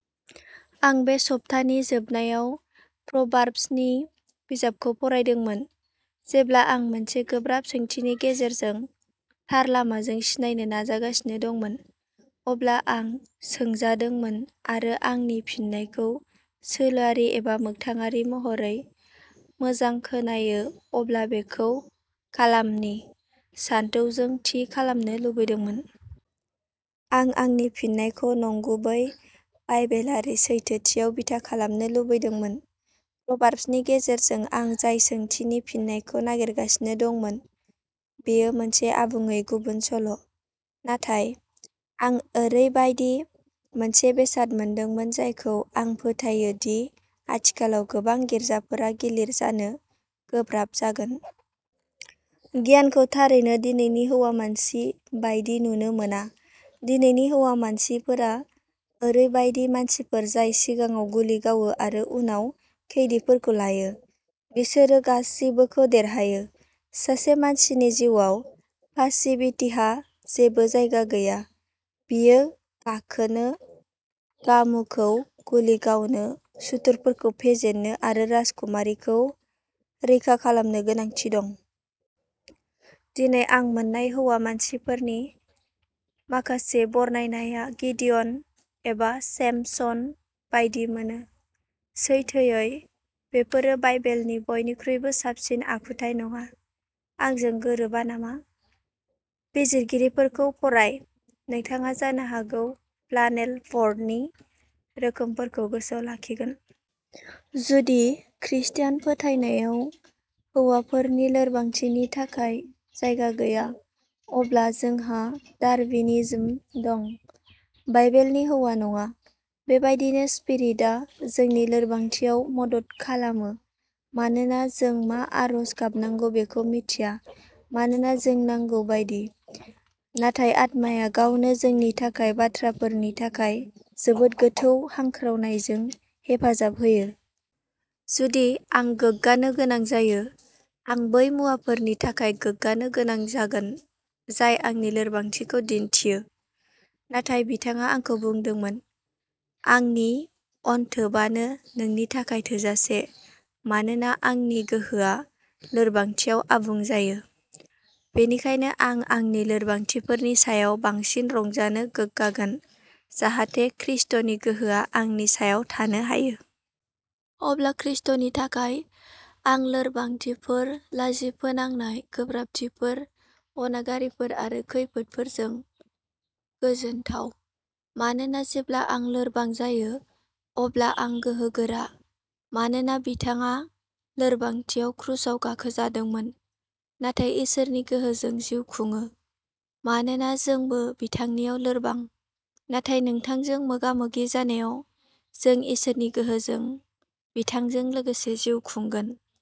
आं बे सप्तानि जोबनायाव प्र'भार्ब्सनि बिजाबखौ फरायदोंमोन। जेब्ला आं मोनसे गोब्राब सोंथिनि गेजेरजों थार लामाजों सिनायनो नाजागासिनो दंमोन, अब्ला आं सोंजादोंमोन आरो आंनि फिननायखौ सोलोआरि एबा मोगथाङारि महरै "मोजां खोनायो, अब्ला बेखौ खालामनि" सानथौजों थि खालामनो लुबैदोंमोन। आं आंनि फिननायखौ नंगुबै, बाइबेलारि सैथोथियाव बिथा खालामनो लुबैदोंमोन। प्र'भार्ब्सनि गेजेरजों आं जाय सोंथिनि फिननायखौ नागिरगासिनो दंमोन, बेयो मोनसे आबुङै गुबुन सल'। नाथाय, आं ओरैबायदि मोनसे बेसाद मोनदोंमोन जायखौ आं फोथायो दि आथिखालाव गोबां गिर्जाफोरा गिलिर जानो गोब्राब जागोन। गियानखौ थारैनो दिनैनि "हौवा मानसि" बायदि नुनो मोना। दिनैनि "हौवा मानसि" फोरा ओरैबायदि मानसिफोर जाय सिगाङाव गुलि गावो आरो उनाव खैदिफोरखौ लायो। बिसोरो गासिबोखौ देरहायो। सासे मानसिनि जिउआव पासिभिटिहा जेबो जायगा गैया। बियो गाखोनो, गामुखौ गुलि गावनो, सुथुरफोरखौ फेजेननो आरो राजकुमारिखौ रैखा खालामनो गोनांथि दं। दिनै आं मोन्नाय "हौवा मानसि" फोरनि माखासे बरनायनाया गिडिय'न एबा सेम्पसन बायदि मोनो। सैथोयै, बेफोरो बाइबेलनि बयनिख्रुइबो साबसिन आखुथाइ नङा। आंजों गोरोबा नामा? बिजिरगिरिफोरखौ फराय, नोंथाङा जानो हागौ फ्लानेल बर्डनि रोखोमफोरखौ गोसोआव लाखिगोन। जुदि खृष्टान फोथायनायाव हौवाफोरनि लोरबांथिनि थाखाय जायगा गैया, अब्ला जोंहा डार्विनिज्म दं, बाइबेलनि हौवा नङा। "बेबायदिनो स्पिरिटआ जोंनि लोरबांथियाव मदद खालामो। मानोना जों मा आरज गाबनांगौ बेखौ मिथिया। मानोना जों नांगौ बायदि, नाथाय आत्माया गावनो जोंनि थाखाय बाथ्राफोरनि थाखाय जोबोद गोथौ हांख्रावनायजों हेफाजाब होयो "।" जुदि आं गोग्गानो गोनां जायो, आं बै मुवाफोरनि थाखाय गोग्गानो गोनां जागोन जाय आंनि लोरबांथिखौ दिन्थियो "। नाथाय बिथाङा आंखौ बुंदोंमोन," आंनि अनथोबानो नोंनि थाखाय थोजासे, मानोना आंनि गोहोआ लोरबांथियाव आबुं जायो। "बेनिखायनो आं आंनि लोरबांथिफोरनि सायाव बांसिन रंजानो गोग्गागोन, जाहाथे खृष्टनि गोहोआ आंनि सायाव थानो हायो। अब्ला खृष्टनि थाखाय, आं लोरबांथिफोर, लाजि फोनांनाय, गोब्राबथिफोर, अनागारिफोर आरो खैफोदफोरजों गोजोनथाव। मानोना जेब्ला आं लोरबां जायो, अब्ला आं गोहोगोरा।" "मानोना बिथाङा लोरबांथियाव क्रुसाव गाखोजादोंमोन, नाथाय इसोरनि गोहोजों जिउ खुङो। मानोना जोंबो बिथांनियाव लोरबां, नाथाय नोंथांजों मोगा मोगि जानायाव जों इसोरनि गोहोजों बिथांजों लोगोसे जिउ खुंगोन"।